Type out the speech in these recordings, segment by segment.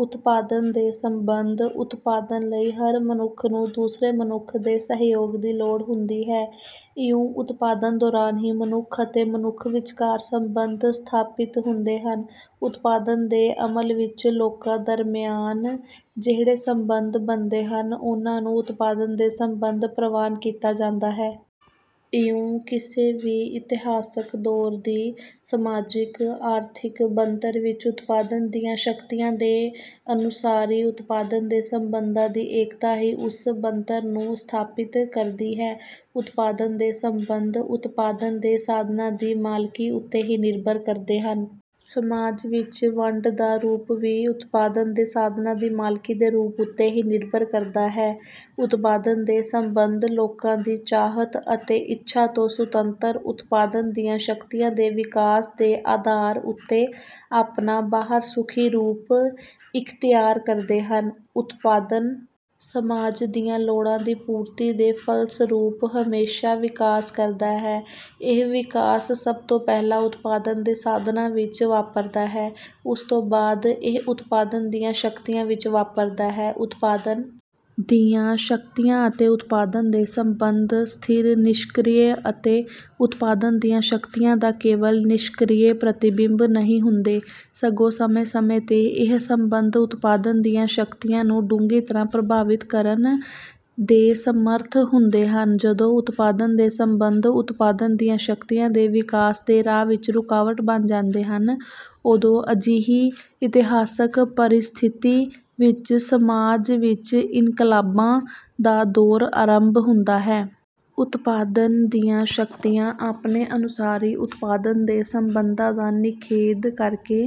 ਉਤਪਾਦਨ ਦੇ ਸੰਬੰਧ ਉਤਪਾਦਨ ਲਈ ਹਰ ਮਨੁੱਖ ਨੂੰ ਦੂਸਰੇ ਮਨੁੱਖ ਦੇ ਸਹਿਯੋਗ ਦੀ ਲੋੜ ਹੁੰਦੀ ਹੈ। ਇਉਂ ਉਤਪਾਦਨ ਦੌਰਾਨ ਵੀ ਮਨੁੱਖ ਅਤੇ ਮਨੁੱਖ ਵਿਚਕਾਰ ਸੰਬੰਧ ਸਥਾਪਿਤ ਹੁੰਦੇ ਹਨ। ਉਤਪਾਦਨ ਦੇ ਅਮਲ ਵਿੱਚ ਲੋਕਾਂ ਦਰਮਿਆਨ ਜਿਹੜੇ ਸੰਬੰਧ ਬਣਦੇ ਹਨ, ਉਨ੍ਹਾਂ ਨੂੰ ਉਤਪਾਦਨ ਦੇ ਸੰਬੰਧ ਪ੍ਰਵਾਨ ਕੀਤਾ ਜਾਂਦਾ ਹੈ। ਇਉਂ ਕਿਸੇ ਵੀ ਇਤਿਹਾਸਕ ਦੌਰ ਦੀ ਸਮਾਜਿਕ-ਆਰਥਿਕ ਬਣਤਰ ਵਿੱਚ ਉਤਪਾਦਨ ਦੀਆਂ ਸ਼ਕਤੀਆਂ ਦੇ ਅਨੁਸਾਰੀ ਉਤਪਾਦਨ ਦੇ ਸੰਬੰਧਾਂ ਦੀ ਏਕਤਾ ਹੀ ਉਸ ਬਣਤਰ ਨੂੰ ਸਥਾਪਿਤ ਕਰਦੀ ਹੈ। ਉਤਪਾਦਨ ਦੇ ਸੰਬੰਧ ਉਤਪਾਦਨ ਦੇ ਸਾਧਨਾਂ ਦੀ ਮਾਲਕੀ ਉੱਤੇ ਹੀ ਨਿਰਭਰ ਕਰਦੇ ਹਨ। ਸਮਾਜ ਵਿੱਚ ਵੰਡ ਦਾ ਰੂਪ ਵੀ ਉਤਪਾਦਨ ਦੇ ਸਾਧਨਾਂ ਦੀ ਮਾਲਕੀ ਦੇ ਰੂਪ ਉੱਤੇ ਹੀ ਨਿਰਭਰ ਕਰਦਾ ਹੈ। ਉਤਪਾਦਨ ਦੇ ਸੰਬੰਧ ਲੋਕਾਂ ਦੀ ਚਾਹਤ ਅਤੇ ਇੱਛਾ ਤੋਂ ਸੁਤੰਤਰ, ਉਤਪਾਦਨ ਦੀਆਂ ਸ਼ਕਤੀਆਂ ਦੇ ਵਿਕਾਸ ਦੇ ਆਧਾਰ ਉੱਤੇ ਆਪਣਾ ਬਾਹਰਮੁਖੀ ਰੂਪ ਇਖ਼ਤਿਆਰ ਕਰਦੇ ਹਨ। ਉਤਪਾਦਨ ਸਮਾਜ ਦੀਆਂ ਲੋੜਾਂ ਦੀ ਪੂਰਤੀ ਦੇ ਫਲਸਰੂਪ ਹਮੇਸ਼ਾ ਵਿਕਾਸ ਕਰਦਾ ਹੈ। ਇਹ ਵਿਕਾਸ ਸਭ ਤੋਂ ਪਹਿਲਾਂ ਉਤਪਾਦਨ ਦੇ ਸਾਧਨਾਂ ਵਿੱਚ ਵਾਪਰਦਾ ਹੈ। ਉਸ ਤੋਂ ਬਾਅਦ ਇਹ ਉਤਪਾਦਨ ਦੀਆਂ ਸ਼ਕਤੀਆਂ ਵਿੱਚ ਵਾਪਰਦਾ ਹੈ। ਉਤਪਾਦਨ ਦੀਆਂ ਸ਼ਕਤੀਆਂ ਅਤੇ ਉਤਪਾਦਨ ਦੇ ਸੰਬੰਧ ਸਥਿਰ, ਨਿਸ਼ਕ੍ਰਿਯ ਅਤੇ ਉਤਪਾਦਨ ਦੀਆਂ ਸ਼ਕਤੀਆਂ ਦਾ ਕੇਵਲ ਨਿਸ਼ਕ੍ਰਿਯ ਪ੍ਰਤਿਬਿੰਬ ਨਹੀਂ ਹੁੰਦੇ, ਸਗੋਂ ਸਮੇਂ-ਸਮੇਂ ’ਤੇ ਇਹ ਸੰਬੰਧ ਉਤਪਾਦਨ ਦੀਆਂ ਸ਼ਕਤੀਆਂ ਨੂੰ ਡੂੰਘੀ ਤਰ੍ਹਾਂ ਪ੍ਰਭਾਵਿਤ ਕਰਨ ਦੇ ਸਮਰੱਥ ਹੁੰਦੇ ਹਨ ਜਦੋਂ ਉਤਪਾਦਨ ਦੇ ਸੰਬੰਧ ਉਤਪਾਦਨ ਦੀਆਂ ਸ਼ਕਤੀਆਂ ਦੇ ਵਿਕਾਸ ਦੇ ਰਾਹ ਵਿੱਚ ਰੁਕਾਵਟ ਬਣ ਜਾਂਦੇ ਹਨ, ਉਦੋਂ ਅਜਿਹੀ ਇਤਿਹਾਸਕ ਪਰਿਸਥਿਤੀ ਵਿੱਚ ਸਮਾਜ ਵਿੱਚ ਇਨਕਲਾਬਾਂ ਦਾ ਦੌਰ ਆਰੰਭ ਹੁੰਦਾ ਹੈ। ਉਤਪਾਦਨ ਦੀਆਂ ਸ਼ਕਤੀਆਂ ਆਪਣੇ ਅਨੁਸਾਰੀ ਉਤਪਾਦਨ ਦੇ ਸੰਬੰਧਾਂ ਦਾ ਨਿਖੇਧ ਕਰਕੇ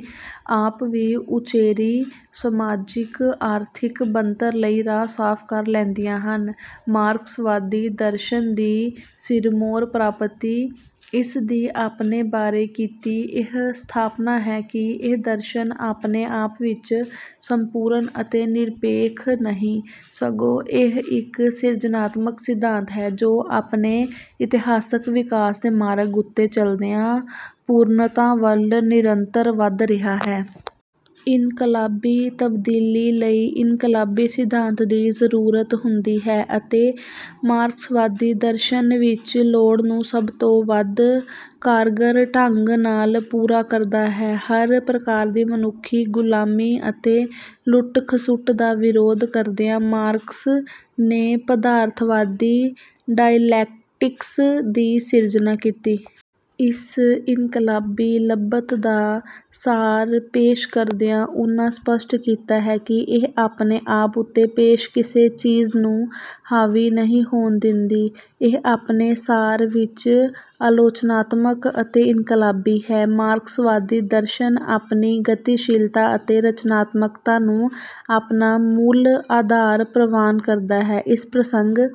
ਆਪ ਵੀ ਉੱਚੇਰੀ ਸਮਾਜਿਕ-ਆਰਥਿਕ ਬਣਤਰ ਲਈ ਰਾਹ ਸਾਫ਼ ਕਰ ਲੈਂਦੀਆਂ ਹਨ। ਮਾਰਕਸਵਾਦੀ ਦਰਸ਼ਨ ਦੀ ਸਿਰਮੌਰ ਪ੍ਰਾਪਤੀ ਇਸ ਦੀ ਆਪਣੇ ਬਾਰੇ ਕੀਤੀ ਇਹ ਸਥਾਪਨਾ ਹੈ ਕਿ ਇਹ ਦਰਸ਼ਨ ਆਪਣੇ ਆਪ ਵਿੱਚ ਸੰਪੂਰਨ ਅਤੇ ਨਿਰਪੇਖ ਨਹੀਂ, ਸਗੋਂ ਇਹ ਇੱਕ ਸਿਰਜਣਾਤਮਕ ਸਿਧਾਂਤ ਹੈ, ਜੋ ਆਪਣੇ ਇਤਿਹਾਸਕ ਵਿਕਾਸ ਦੇ ਮਾਰਗ ਉੱਤੇ ਚਲਦਿਆਂ ਪੂਰਨਤਾ ਵੱਲ ਨਿਰੰਤਰ ਵਧ ਰਿਹਾ ਹੈ। ਇਨਕਲਾਬੀ ਤਬਦੀਲੀ ਲਈ ਇਨਕਲਾਬੀ ਸਿਧਾਂਤ ਦੀ ਜ਼ਰੂਰਤ ਹੁੰਦੀ ਹੈ ਅਤੇ ਮਾਰਕਸਵਾਦੀ ਦਰਸ਼ਨ ਇਸ ਲੋੜ ਨੂੰ ਸਭ ਤੋਂ ਵੱਧ ਕਾਰਗਰ ਢੰਗ ਨਾਲ ਪੂਰਾ ਕਰਦਾ ਹੈ। ਹਰ ਪ੍ਰਕਾਰ ਦੀ ਮਨੁੱਖੀ ਗੁਲਾਮੀ ਅਤੇ ਲੁੱਟ-ਖਸੁੱਟ ਦਾ ਵਿਰੋਧ ਕਰਦਿਆਂ ਮਾਰਕਸ ਨੇ ਪਦਾਰਥਵਾਦੀ ਡਾਇਲੈਕਟਿਕਸ ਦੀ ਸਿਰਜਣਾ ਕੀਤੀ। ਇਸ ਇਨਕਲਾਬੀ ਲੱਭਤ ਦਾ ਸਾਰ ਪੇਸ਼ ਕਰਦਿਆਂ ਉਨ੍ਹਾਂ ਸਪੱਸ਼ਟ ਕੀਤਾ ਹੈ ਕਿ, “ਇਹ ਆਪਣੇ ਆਪ ਉੱਤੇ ਪੇਸ਼ ਕਿਸੇ ਚੀਜ਼ ਨੂੰ ਹਾਵੀ ਨਹੀਂ ਹੋਣ ਦਿੰਦੀ; ਇਹ ਆਪਣੇ ਸਾਰ ਵਿੱਚ ਆਲੋਚਨਾਤਮਕ ਅਤੇ ਇਨਕਲਾਬੀ ਹੈ।”ਮਾਰਕਸਵਾਦੀ ਦਰਸ਼ਨ ਆਪਣੀ ਗਤੀਸ਼ੀਲਤਾ ਅਤੇ ਰਚਨਾਤਮਕਤਾ ਨੂੰ ਆਪਣਾ ਮੂਲ ਆਧਾਰ ਪ੍ਰਵਾਨ ਕਰਦਾ ਹੈ। ਇਸ ਪ੍ਰਸੰਗ…